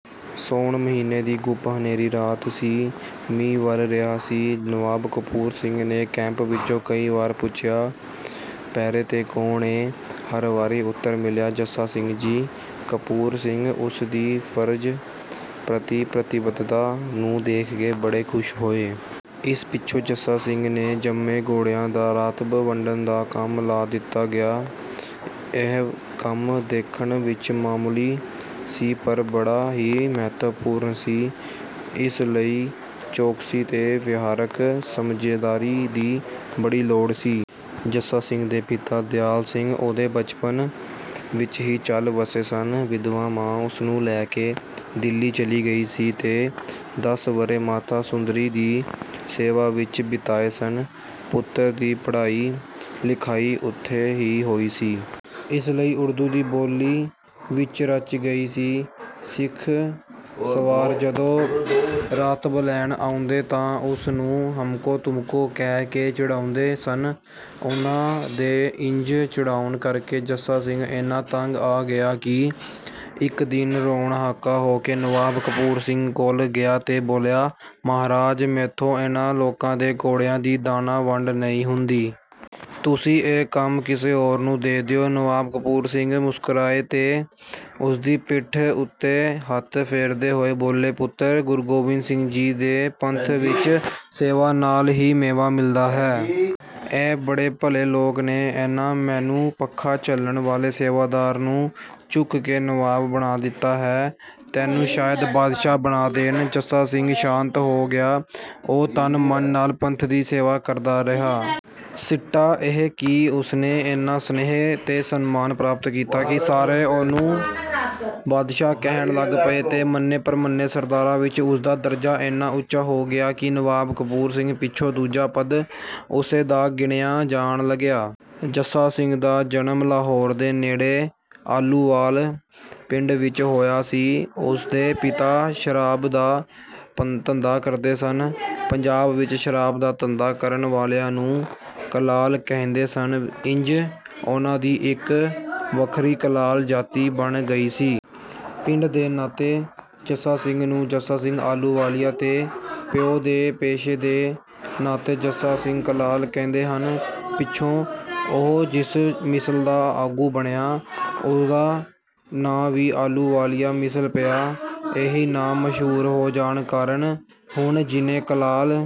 ਸੌਣ ਮਹੀਨੇ ਦੀ ਘੁੱਪ ਹਨੇਰੀ ਰਾਤ ਸੀ। ਮੀਂਹ ਵਰ੍ਹ ਰਿਹਾ ਸੀ। ਨਵਾਬ ਕਪੂਰ ਸਿੰਘ ਨੇ ਕੈਂਪ ਵਿੱਚੋਂ ਕਈ ਵਾਰੀ ਪੁੱਛਿਆ, "ਪਹਿਰੇ 'ਤੇ ਕੌਣ ਏ?" ਹਰ ਵਾਰੀ ਉਤਰ ਮਿਲਿਆ, "ਜੱਸਾ ਸਿੰਘ ਜੀ।" ਕਪੂਰ ਸਿੰਘ ਉਸ ਦੀ ਫਰਜ਼ ਪ੍ਰਤੀ ਪ੍ਰਤੀਬੱਧਤਾ ਨੂੰ ਦੇਖ ਕੇ ਬੜੇ ਖੁਸ਼ ਹੋਏ। ਇਸ ਪਿੱਛੋਂ ਜੱਸਾ ਸਿੰਘ ਦੇ ਜ਼ਿੰਮੇਂ ਘੋੜਿਆਂ ਦਾ ਰਾਤਬ ਵੰਡਣ ਦਾ ਕੰਮ ਲਾ ਦਿੱਤਾ ਗਿਆ। ਇਹ ਕੰਮ ਦੇਖਣ ਵਿੱਚ ਮਾਮੂਲੀ ਸੀ ਪਰ ਬੜਾ ਹੀ ਮਹੱਤਵਪੂਰਨ ਸੀ। ਇਸ ਲਈ ਚੌਕਸੀ ਤੇ ਵਿਹਾਰਕ ਸਮਝਦਾਰੀ ਦੀ ਬੜੀ ਲੋੜ ਸੀ। ਜੱਸਾ ਸਿੰਘ ਦੇ ਪਿਤਾ ਦਿਆਲ ਸਿੰਘ ਉਹਦੇ ਬਚਪਨ ਵਿੱਚ ਹੀ ਚੱਲ ਵੱਸੇ ਸਨ। ਵਿਧਵਾ ਮਾਂ ਉਸਨੂੰ ਲੈ ਕੇ ਦਿੱਲੀ ਚਲੀ ਗਈ ਸੀ ਤੇ ਦਸ ਵਰ੍ਹੇ ਮਾਤਾ ਸੁੰਦਰੀ ਦੀ ਸੇਵਾ ਵਿੱਚ ਬਿਤਾਏ ਸਨ। ਪੁੱਤਰ ਦੀ ਪੜ੍ਹਾਈ ਲਿਖਾਈ ਉੱਥੇ ਹੀ ਹੋਈ ਸੀ। ਇਸ ਲਈ ਉਰਦੂ ਉਸ ਦੀ ਬੋਲੀ ਵਿੱਚ ਰਚ ਗਈ ਸੀ। ਸਿੱਖ ਸਵਾਰ ਜਦੋਂ ਰਾਤਬ ਲੈਣ ਆਉਂਦੇ ਤਾਂ ਉਸ ਨੂੰ 'ਹਮਕੋ-ਤੁਮਕੋ' ਕਹਿ ਕੇ ਚਿੜਾਉਂਦੇ ਸਨ। ਉਹਨਾਂ ਦੇ ਇੰਜ ਚਿੜਾਉਣ ਕਰਕੇ ਜੱਸਾ ਸਿੰਘ ਏਨਾ ਤੰਗ ਆ ਗਿਆ ਕਿ ਇੱਕ ਦਿਨ ਰੋਣ ਹਾਕਾ ਹੋ ਕੇ ਨਵਾਬ ਕਪੂਰ ਸਿੰਘ ਕੋਲ ਗਿਆ ਤੇ ਬੋਲਿਆ, "ਮਹਾਰਾਜ ਮੈਥੋਂ ਇਹਨਾਂ ਲੋਕਾਂ ਦੇ ਘੋੜਿਆਂ ਦੀ ਦਾਨਾ ਵੰਡ ਨਹੀਂ ਹੁੰਦੀ। ਤੁਸੀਂ ਇਹ ਕੰਮ ਕਿਸੇ ਹੋਰ ਨੂੰ ਦੇ ਦਿਓ।" ਨਵਾਬ ਕਪੂਰ ਸਿੰਘ ਮੁਸਕਰਾਏ ਤੇ ਉਸਦੀ ਪਿੱਠ ਉੱਤੇ ਹੱਥ ਫੇਰਦੇ ਹੋਏ ਬੋਲੇ, "ਪੁੱਤਰ ਗੁਰੂ ਗੋਬਿੰਦ ਸਿੰਘ ਜੀ ਦੇ ਪੰਥ ਵਿੱਚ ਸੇਵਾ ਨਾਲ ਹੀ ਮੇਵਾ ਮਿਲਦਾ ਹੈ। ਇਹ ਬੜੇ ਭਲੇ ਲੋਕ ਨੇ। ਇਹਨਾਂ ਮੈਨੂੰ ਪੱਖਾਂ ਝੱਲਣ ਵਾਲੇ ਸੇਵਾਦਾਰ ਨੂੰ ਚੁੱਕ ਕੇ ਨਵਾਬ ਬਣਾ ਦਿੱਤਾ ਹੈ, ਤੈਨੂੰ ਸ਼ਾਇਦ ਬਾਦਸ਼ਾਹ ਬਣਾ ਦੇਣ।" ਜੱਸਾ ਸਿੰਘ ਸ਼ਾਂਤ ਹੋ ਗਿਆ। ਉਹ ਤਨ-ਮਨ ਨਾਲ ਪੰਥ ਦੀ ਸੇਵਾ ਕਰਦਾ ਰਿਹਾ। ਸਿੱਟਾ ਇਹ ਕਿ ਉਸਨੇ ਏਨਾ ਸਨੇਹ ਤੇ ਸਨਮਾਨ ਪ੍ਰਾਪਤ ਕੀਤਾ ਕਿ ਸਾਰੇ ਉਸਨੂੰ 'ਬਾਦਸ਼ਾਹ' ਕਹਿਣ ਲੱਗ ਪਏ ਤੇ ਮੰਨੇ-ਪ੍ਰਮੰਨੇ ਸਰਦਾਰਾਂ ਵਿੱਚ ਉਸਦਾ ਦਰਜਾ ਏਨਾ ਉੱਚਾ ਹੋ ਗਿਆ ਕਿ ਨਵਾਬ ਕਪੂਰ ਸਿੰਘ ਪਿੱਛੋਂ ਦੂਜਾ ਪਦ ਉਸੇ ਦਾ ਗਿਣਿਆਂ ਜਾਣ ਲੱਗਿਆ। ਜੱਸਾ ਸਿੰਘ ਦਾ ਜਨਮ ਲਾਹੌਰ ਦੇ ਨੇੜੇ ਆਹਲੂਵਾਲ ਪਿੰਡ ਵਿੱਚ ਹੋਇਆ ਸੀ। ਉਸਦੇ ਪਿਤਾ ਸ਼ਰਾਬ ਦਾ ਧੰਦਾ ਕਰਦੇ ਸਨ। ਪੰਜਾਬ ਵਿੱਚ ਸ਼ਰਾਬ ਦਾ ਧੰਦਾ ਕਰਨ ਵਾਲਿਆਂ ਨੂੰ 'ਕਲਾਲ' ਕਹਿੰਦੇ ਸਨ। ਇੰਜ ਉਹਨਾਂ ਦੀ ਇੱਕ ਵੱਖਰੀ ਕਲਾਲ ਜਾਤੀ ਬਣ ਗਈ ਸੀ। ਪਿੰਡ ਦੇ ਨਾਤੇ ਜੱਸਾ ਸਿੰਘ ਨੂੰ 'ਜੱਸਾ ਸਿੰਘ ਆਹਲੂਵਾਲੀਆ' ਤੇ ਪਿਓ ਦੇ ਪੇਸ਼ੇ ਦੇ ਨਾਤੇ 'ਜੱਸਾ ਸਿੰਘ ਕਲਾਲ' ਕਹਿੰਦੇ ਹਨ। ਪਿੱਛੋਂ ਉਹ ਜਿਸ ਮਿਸਲ ਦਾ ਆਗੂ ਬਣਿਆ, ਉਸਦਾ ਨਾਂ ਵੀ 'ਆਹਲੂਵਾਲੀਆ ਮਿਸਲ' ਪਿਆ। ਇਹੀ ਨਾਂ ਮਸ਼ਹੂਰ ਹੋ ਜਾਣ ਕਾਰਨ ਹੁਣ ਜਿੰਨੇ ਕਲਾਲ